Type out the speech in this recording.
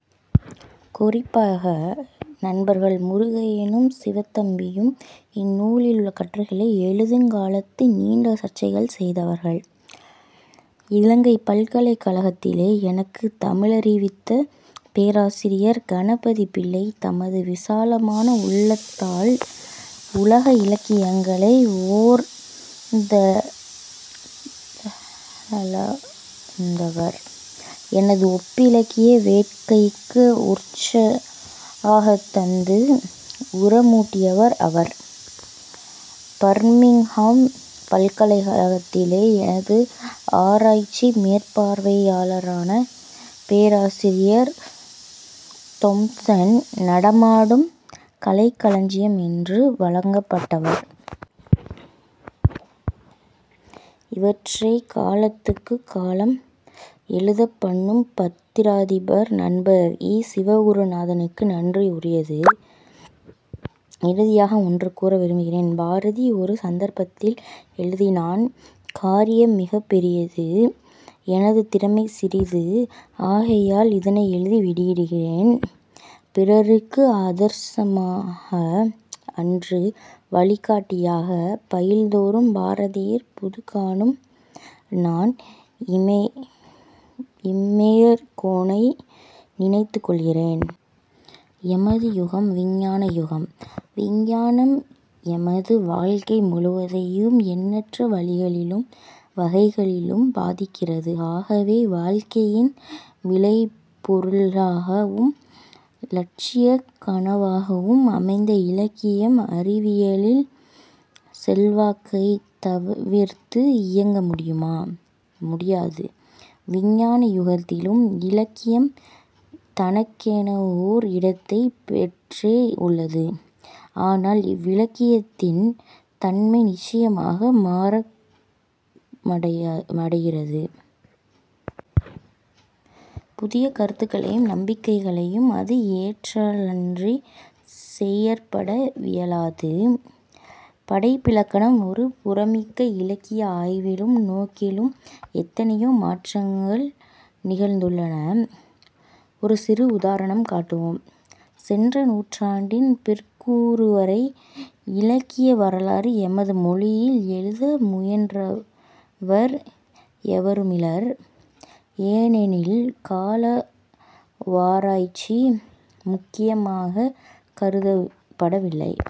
குறிப்பாக நண்பர்கள் முருகையனும், சிவத்தம்பியும் இந்நூலிலுள்ள கட்டுரைகளை எழுதுங் காலத்து நீண்ட சர்ச்சைகள் செய்தவர்கள். இலங்கைப் பல்கலைக் கழகத்திலே எனக்குத் தமிழறிவித்த பேராசிரியர் கணபதிப்பிள்ளை தமது விசாலமான உள்ளத்தால் உலக இலக்கியங்களை ஓர்ந்தளந்தவர். எனது ஒப்பிலக்கிய வேட்கைக்கு உற்சாகந்தந்து உர மூட்டியவர் அவர். பர்மிங்ஹாம் பல்கலைக்கழகத்திலே எனது ஆராய்ச்சி மேற்பார்வையாளரான பேராசிரியர் தொம்சன் 'நடமாடும் கலைக்களஞ்சியம்' என்று வழங்கப்பட்டவர். இவற்றைக் காலத்துக்குக் காலம் எழுதப் பண்ணும் பத்திராதிபர் நண்பர் இ. சிவகுருநாதனுக்கு நன்றி உரியது. இறுதியாக ஒன்று கூற விரும்புகிறேன். பாரதி ஒரு சந்தர்ப்பத்தில் எழுதினான்: "காரியம் மிகப்பெரிது, எனது திறமை சிறிது. 'ஆகையால்' இதனை எழுதி வௌியிடுகின்றேன். பிறருக்கு ஆதர்சமாக அன்று, வழிகாட்டியாக. " பயில் தொறும் பாரதியிற் புது காணும் நான், இம்மேற்கோளை நினைத்து கொள்கிறேன். எமது யுகம் விஞ்ஞானயுகம். விஞ்ஞானம் எமது வாழ்க்கை முழுவதையும் எண்ணற்ற வழிகளிலும் வகைகளிலும் பாதிக்கிறது. ஆகவே வாழ்க்கையின் விளைபொருளாகவும் இலட்சியக் கனவாகவும் அமைந்த இலக்கியம் அறிவியலின் செல்வாக்கைத் தவிர்த்து இயங்கமுடியுமா? முடியாது. விஞ்ஞான யுகத்திலும் இலக்கியம் தனக்கெனவோர் இடத்தைப் பெற்றே உள்ளது. ஆனால் அவ்விலக்கியத்தின் தன்மை நிச்சயமாக மாற மடைகிறது. புதிய கருத்துக்களையும் நம்பிக்கைகளையும் அது ஏற்றாலன்றிச் செயற்பட வியலாது. படைப்பிலக்கணம் ஒரு புறமிருக்க இலக்கிய ஆய்விலும் நோக்கிலும் எத்தனையோ மாற்றங்கள் நிகழ்ந்துள்ளன. ஒரு சிறு உதாரணம் காட்டுவோம். சென்ற நூற்றாண்டின் பிற்கூறுவரை இலக்கிய வரலாறு எமது மொழியில் எழுத முயன்றவர் எவருமிலர். ஏனெனில், காலவாராய்ச்சி முக்கியமாகக் கருதப்படவில்லை.